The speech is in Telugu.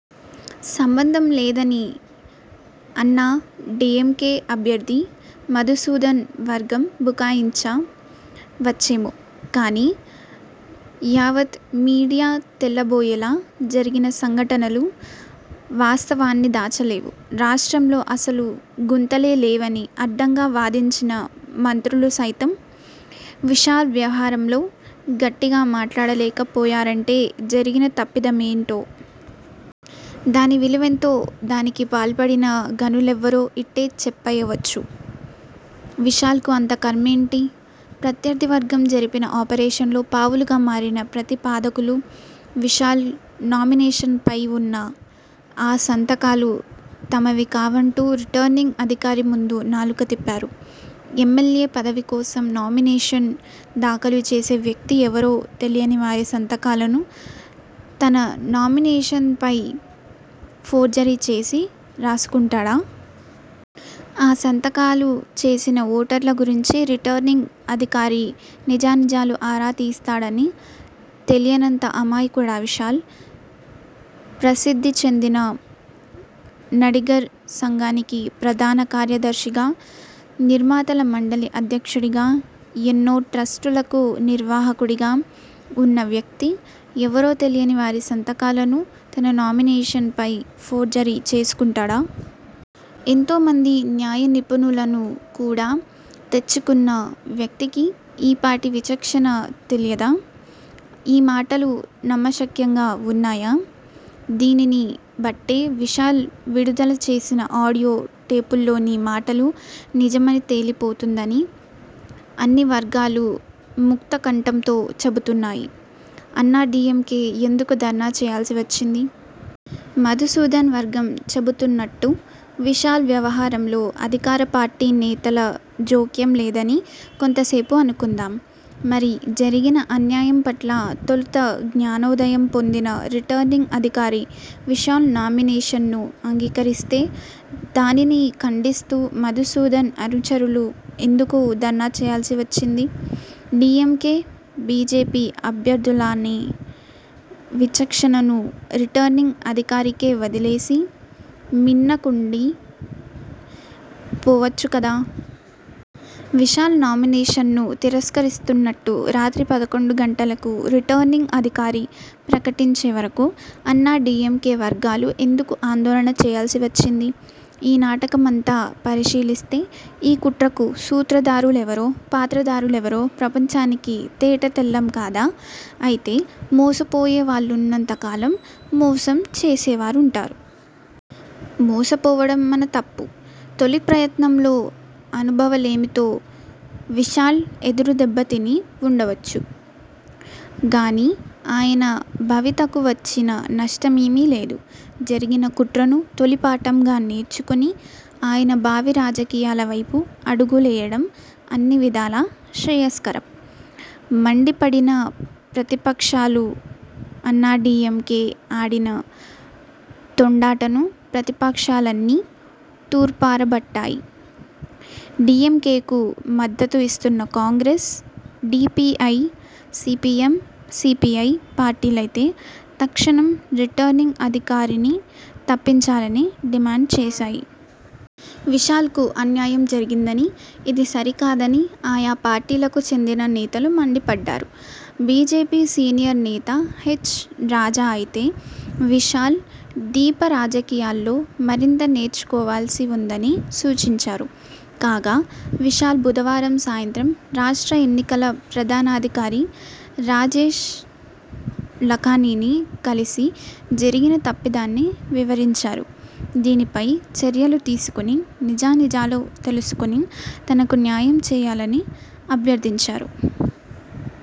సంబంధం లేదని అన్నా డీఎంకే అభ్యర్థి మధుసూదన్ వర్గం బుకాయించ వచ్చేమో కానీ యావత్ మీడియా తెల్ల బోయేలా జరిగిన సంఘటనలు వాస్తవాన్ని దాచలేవు. రాష్ట్రంలో అసలు గుంతలే లేవని అడ్డంగా వాదించిన మంత్రులు సైతం, విశాల్ వ్యవహారంలో గట్టిగా మాట్లాడలేక పోయారంటే, జరిగిన తప్పిద మేంటో? దాని 'విలువెంతో'? దానికి పాల్పడిన ఘనులెవ్వరో ఇట్టే చెప్పయ్య వచ్చు. విశాల్కు అంత ఖర్మేంటి? ప్రత్యర్థి వర్గం జరిపిన 'ఆపరేషన్'లో పావులుగా మారిన 'ప్రతి పాదకులు', విశాల్ నామినేషన్ పయి వున్న ఆ సంతకాలు తమవి కావంటూ రిటర్నింగ్ అధికారి ముందు నాలుక తిప్పారు. ఎమ్మెల్యే పదవి కోసం నామినేషన్ దాఖలు చేసే వ్యక్తి ఎవరో తెలియని వారి సంతకాలను తన నామినేషన్పై ఫోర్జరీ చేసి రాసుకుంటాడా? ఆ సంతకాలు చేసిన ఓటర్ల గురించి రిటర్నింగ్ అధికారి నిజా నిజాలు ఆరా తీస్తాడని తెలియ నంత అమాయకుడా విశాల్? ప్రసిద్ధి చెందిన నడిగర్ సంఘానికి ప్రధాన కార్య దర్శిగా, నిర్మాతల మండలి అధ్యక్షుడిగా, ఎన్నో ట్రస్టులకు నిర్వాహకుడిగా వున్న వ్యక్తి, ఎవరో తెలియని వారి సంతకాలను తన నామినేషన్పై ఫోర్జరీ చేసుకుంటాడా? ఎంతో మంది న్యాయ నిపుణులను కూడా తెచ్చుకున్న వ్యక్తి కి ఈ పాటి విచక్షణ తెలియదా? ఈ మాటలు నమ్మశక్యంగా వున్నాయా? దీనిని బట్టే విశాల్ విడుదల చేసిన ఆడియో టేపుల్లోని మాటలు నిజమై తేలి పోతోందని అన్ని వర్గాలు ముక్త కంఠంతో చెబుతున్నాయి. అన్నా డీఎంకే ఎందుకు ధర్నా చేయాల్సి వచ్చింది? మధుసూదన్ వర్గం చెబుతున్నట్టు విశాల్ వ్యవహారంలో అధికార పార్టీ నేతల జోక్యం లేదని కొంతసేపు అనుకుందాం! మరి జరిగిన అన్యాయం పట్ల తొలుత జ్ఞానోదయం పొందిన రిటర్నింగ్ అధికారి విశాల్ నామినేషన్ను అంగీకరిస్తే, దానిని ఖండిస్తూ మధుసూదన్ అనుచరులు ఎందుకు ధర్నా చేయాల్సి వచ్చింది? డీఎంకే, బీజేపీ అభ్యర్థు ల్లానే విచక్షణను రిటర్నింగ్ అధికారికే వదిలేసి మిన్న కుండి పోవచ్చు కదా! విశాల్ నామినేషన్ను తిరస్కరిస్తున్నట్టు రాత్రి పదకొండు గంటలకు రిటర్నింగ్ అధికారి ప్రకటించే వరకూ అన్నా డీఎంకే వర్గాలు ఎందుకు ఆందోళన చేయాల్సి వచ్చింది? ఈ నాటక మంతా పరిశీలిస్తే ఈ కుట్రకు సూత్రధారు లెవరో, పాత్రధారు లెవరో ప్రపంచానికి తేట తెల్లం కాదా? అయితే మోసపోయే వాళ్లున్నంత కాలం మోసం చేసేవారుంటారు. మోసపోవడం మన తప్పు. తొలిప్రయత్నంలో అనుభవలేమితో విశాల్ ఎదురుదెబ్బ తిని వుండొచ్చు గానీ ఆయన భవితకు వచ్చిన నష్టమేమీ లేదు. జరిగిన కుట్రను 'తొలిపాఠం'గా నేర్చుకుని ఆయన భావి రాజకీయాలవైపు అడుగులేయడం అన్ని విధాలా శ్రేయస్కరం. మండిపడిన ప్రతిపక్షాలుఅన్నాడీఎంకే ఆడిన తొండాటను ప్రతిపక్షాలన్నీ తూర్పారబట్టాయి. డీఎంకేకు మద్దతు ఇస్తున్న కాంగ్రెస్, డీపీఐ, సీపీఎం, సీపీఐ పార్టీలైతే తక్షణం రిటర్నింగ్ అధికారిని తప్పించాలని డిమాండ్ చేశాయి. విశాల్కు అన్యాయం జరిగిందని, ఇది సరి కాదని ఆయా పార్టీలకు చెందిన నేతలు మండిపడ్డారు. బీజేపీ సీనియర్ నేత హెచ్. రాజా అయితే విశాల్, దీప రాజకీయాల్లో మరింత నేర్చుకోవాల్సి వుందని సూచించారు. కాగా విశాల్ బుధవారం సాయంత్రం రాష్ట్ర ఎన్నికల ప్రధానాధికారి రాజేష్ లఖానీని కలిసి జరిగిన తప్పిదాన్ని వివరించారు. దీనిపై చర్యలు తీసుకుని నిజానిజాలు తెలుసుకుని తనకు న్యాయం చేయాలని అభ్యర్థించారు.